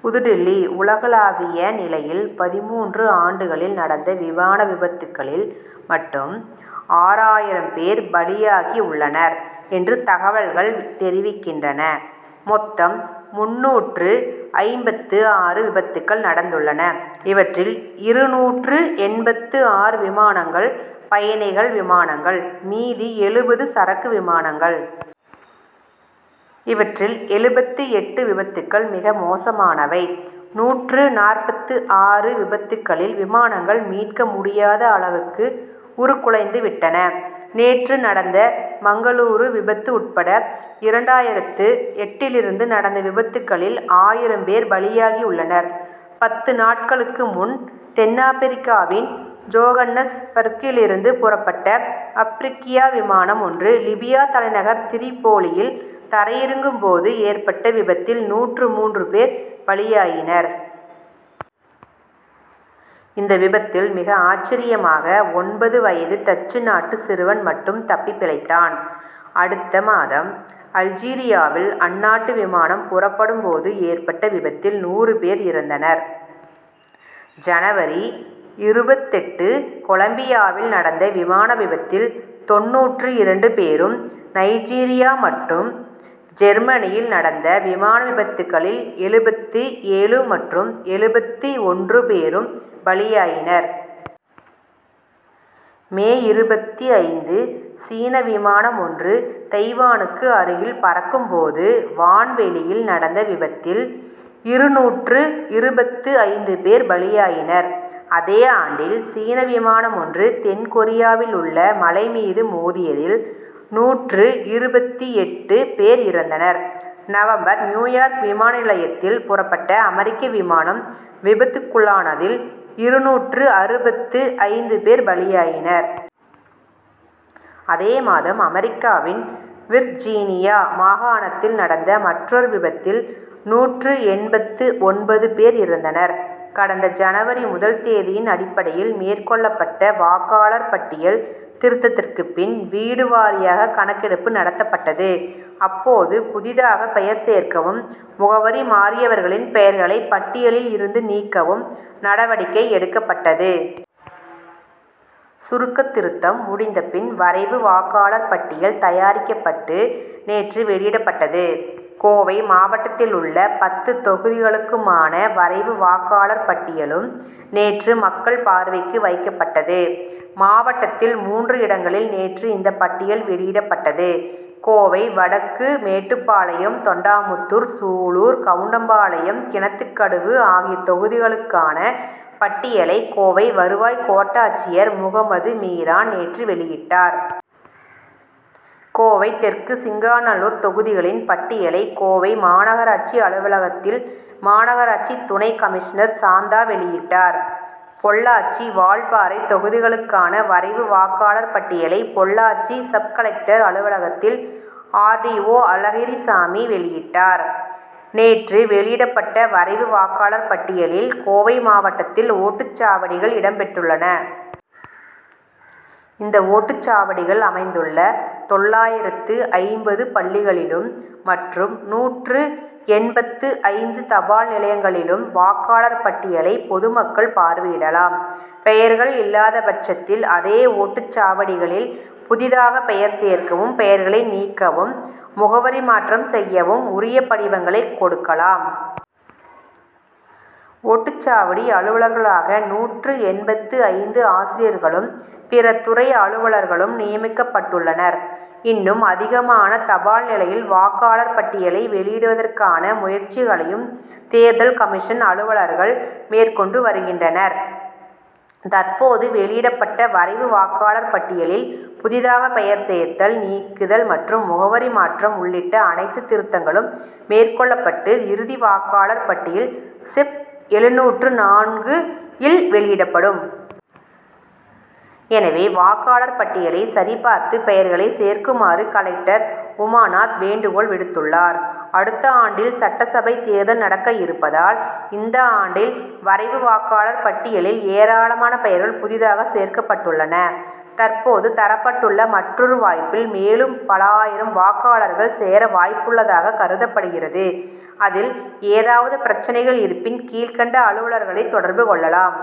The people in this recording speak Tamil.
புதுடில்லி உலகளாவிய நிலையில், பதிமூன்று ஆண்டுகளில் நடந்த விமான விபத்துக்களில் மட்டும், ஆறாயிரம் பேர் பலியாகி உள்ளனர் என்று தகவல்கள் தெரிவிக்கின்றன. மொத்தம் முன்னூற்று ஐம்பத்து ஆறு விபத்துக்கள் நடந்துள்ளன. இவற்றில் இருநூற்று எண்பத்து ஆறு விமானங்கள், பயணிகள் விமானங்கள். மீதி எழுபது சரக்கு விமானங்கள். இவற்றில் எழுபத்து எட்டு விபத்துக்கள் மிக மோசமானவை. நூற்று நாற்பத்து ஆறு விபத்துக்களில், விமானங்கள் மீட்க முடியாத அளவுக்கு, உருக்குலைந்து விட்டன. நேற்று நடந்த மங்களூரு விபத்து உட்பட இரண்டாயிரத்து எட்டிலிருந்து நடந்த விபத்துக்களில் ஆயிரம் பேர் பலியாகியுள்ளனர். பத்து நாட்களுக்கு முன், தென்னாப்ரிக்காவின் ஜோகன்னஸ் பர்க்கிலிருந்து புறப்பட்ட அப்ரிக்கியா விமானம் ஒன்று லிபியா தலைநகர் திரிபோலியில் தரையிறங்கும் போது ஏற்பட்ட விபத்தில் நூற்று மூன்று பேர் பலியாயினர். இந்த விபத்தில் மிக ஆச்சரியமாக, ஒன்பது வயது டச்சு நாட்டு சிறுவன் மட்டும் தப்பி பிழைத்தான். அடுத்த மாதம், அல்ஜீரியாவில் அந்நாட்டு விமானம் புறப்படும் போது ஏற்பட்ட விபத்தில் நூறு பேர் இறந்தனர். ஜனவரி இருபத்தெட்டு கொலம்பியாவில் நடந்த விமான விபத்தில் தொண்ணூற்று இரண்டு பேரும், நைஜீரியா மற்றும் ஜெர்மனியில் நடந்த விமான விபத்துக்களில், எழுபத்து ஏழு மற்றும் எழுபத்து ஒன்று பேரும் பலியாயினர். மே இருபத்து ஐந்து சீன விமானம் ஒன்று தைவானுக்கு அருகில் பறக்கும் போது, வான்வெளியில் நடந்த விபத்தில், இருநூற்று இருபத்து ஐந்து பேர் பலியாயினர். அதே ஆண்டில், சீன விமானம் ஒன்று தென்கொரியாவிலுள்ள மலை மீது மோதியதில் நூற்று இருபத்து எட்டு பேர் இறந்தனர். நவம்பர் நியூயார்க் விமான நிலையத்தில் புறப்பட்ட அமெரிக்க விமானம் விபத்துக்குள்ளானதில், இருநூற்று அறுபத்து ஐந்து பேர் பலியாயினர். அதே மாதம் அமெரிக்காவின் விர்ஜீனியா மாகாணத்தில் நடந்த மற்றொரு விபத்தில், நூற்று எண்பத்து ஒன்பது பேர் இறந்தனர். கடந்த ஜனவரி முதல் தேதியின் அடிப்படையில் மேற்கொள்ளப்பட்ட வாக்காளர் பட்டியல் திருத்தத்திற்குப் பின், வீடு வாரியாக கணக்கெடுப்பு நடத்தப்பட்டது. அப்போது, புதிதாக பெயர் சேர்க்கவும், முகவரி மாறியவர்களின் பெயர்களைப் பட்டியலில் இருந்து நீக்கவும் நடவடிக்கை எடுக்கப்பட்டது. சுருக்க திருத்தம் முடிந்தபின், வரைவு வாக்காளர் பட்டியல் தயாரிக்கப்பட்டு, நேற்று வெளியிடப்பட்டது. கோவை மாவட்டத்திலுள்ள பத்து தொகுதிகளுக்குமான வரைவு வாக்காளர் பட்டியலும் நேற்று மக்கள் பார்வைக்கு வைக்கப்பட்டது. மாவட்டத்தில் மூன்று இடங்களில் நேற்று இந்த பட்டியல் வெளியிடப்பட்டது. கோவை வடக்கு, மேட்டுப்பாளையம், தொண்டாமுத்தூர், சூலூர், கவுண்டம் பாளையம், கிணத்துக்கடவு ஆகிய தொகுதிகளுக்கான பட்டியலை, கோவை வருவாய் கோட்டாட்சியர் முகம்மது மீரான் நேற்று வெளியிட்டார். கோவை தெற்கு, சிங்காநல்லூர் தொகுதிகளின் பட்டியலை, கோவை மாநகராட்சி அலுவலகத்தில் மாநகராட்சி துணை கமிஷனர் சாந்தா வெளியிட்டார். பொள்ளாச்சி, வால்பாறை தொகுதிகளுக்கான வரைவு வாக்காளர் பட்டியலை, பொள்ளாச்சி சப்-கலெக்டர் அலுவலகத்தில் ஆர். டி. ஓ. அழகிரிசாமி வெளியிட்டார். நேற்று வெளியிடப்பட்ட வரைவு வாக்காளர் பட்டியலில் கோவை மாவட்டத்தில் ஓட்டுச்சாவடிகள் இடம் பெற்றுள்ளன. இந்த ஓட்டு சாவடிகள் அமைந்துள்ள தொள்ளாயிரத்து ஐம்பது பள்ளிகளிலும் மற்றும் நூற்று எண்பத்து ஐந்து தபால் நிலையங்களிலும் வாக்காளர் பட்டியலை பொது மக்கள் பார்வையிடலாம். பெயர்கள் இல்லாதபட்சத்தில் அதே ஓட்டுச் சாவடிகளில் புதிதாக பெயர் சேர்க்கவும் பெயர்களை நீக்கவும் முகவரி மாற்றம் செய்யவும் உரிய படிவங்களைக் கொடுக்கலாம். ஓட்டுச்சாவடி அலுவலர்களாக நூற்று எண்பத்து ஐந்து ஆசிரியர்களும் பிற துறை அலுவலர்களும் நியமிக்கப்பட்டுள்ளனர். இன்னும் அதிகமான தபால் நிலையில் வாக்காளர் பட்டியலை வெளியிடுவதற்கான முயற்சிகளையும் தேர்தல் கமிஷன் அலுவலர்கள் மேற்கொண்டு வருகின்றனர். தற்போது வெளியிடப்பட்ட வரைவு வாக்காளர் பட்டியலில் புதிதாக பெயர் சேர்த்தல், நீக்குதல் மற்றும் முகவரி மாற்றம் உள்ளிட்ட அனைத்துத் திருத்தங்களும் மேற்கொள்ளப்பட்டு, இறுதி வாக்காளர் பட்டியல் செப் எழுநூற்று நான்கு இல் வெளியிடப்படும். எனவே வாக்காளர் பட்டியலைச் சரி பார்த்து, பெயர்களைச் சேர்க்குமாறு கலெக்டர் உமாநாத் வேண்டுகோள் விடுத்துள்ளார். அடுத்த ஆண்டில் சட்டசபைத் தேர்தல் நடக்க இருப்பதால், இந்த ஆண்டில் வரைவு வாக்காளர் பட்டியலில் ஏராளமான பெயர்கள் புதிதாகச் சேர்க்கப்பட்டுள்ளன. தற்போது தரப்பட்டுள்ள மற்றொரு வாய்ப்பில் மேலும் பல ஆயிரம் வாக்காளர்கள் சேர வாய்ப்புள்ளதாகக் கருதப்படுகிறது. அதில் ஏதாவது பிரச்னைகள் இருப்பின் கீழ்க்கண்ட அலுவலர்களை தொடர்பு கொள்ளலாம்.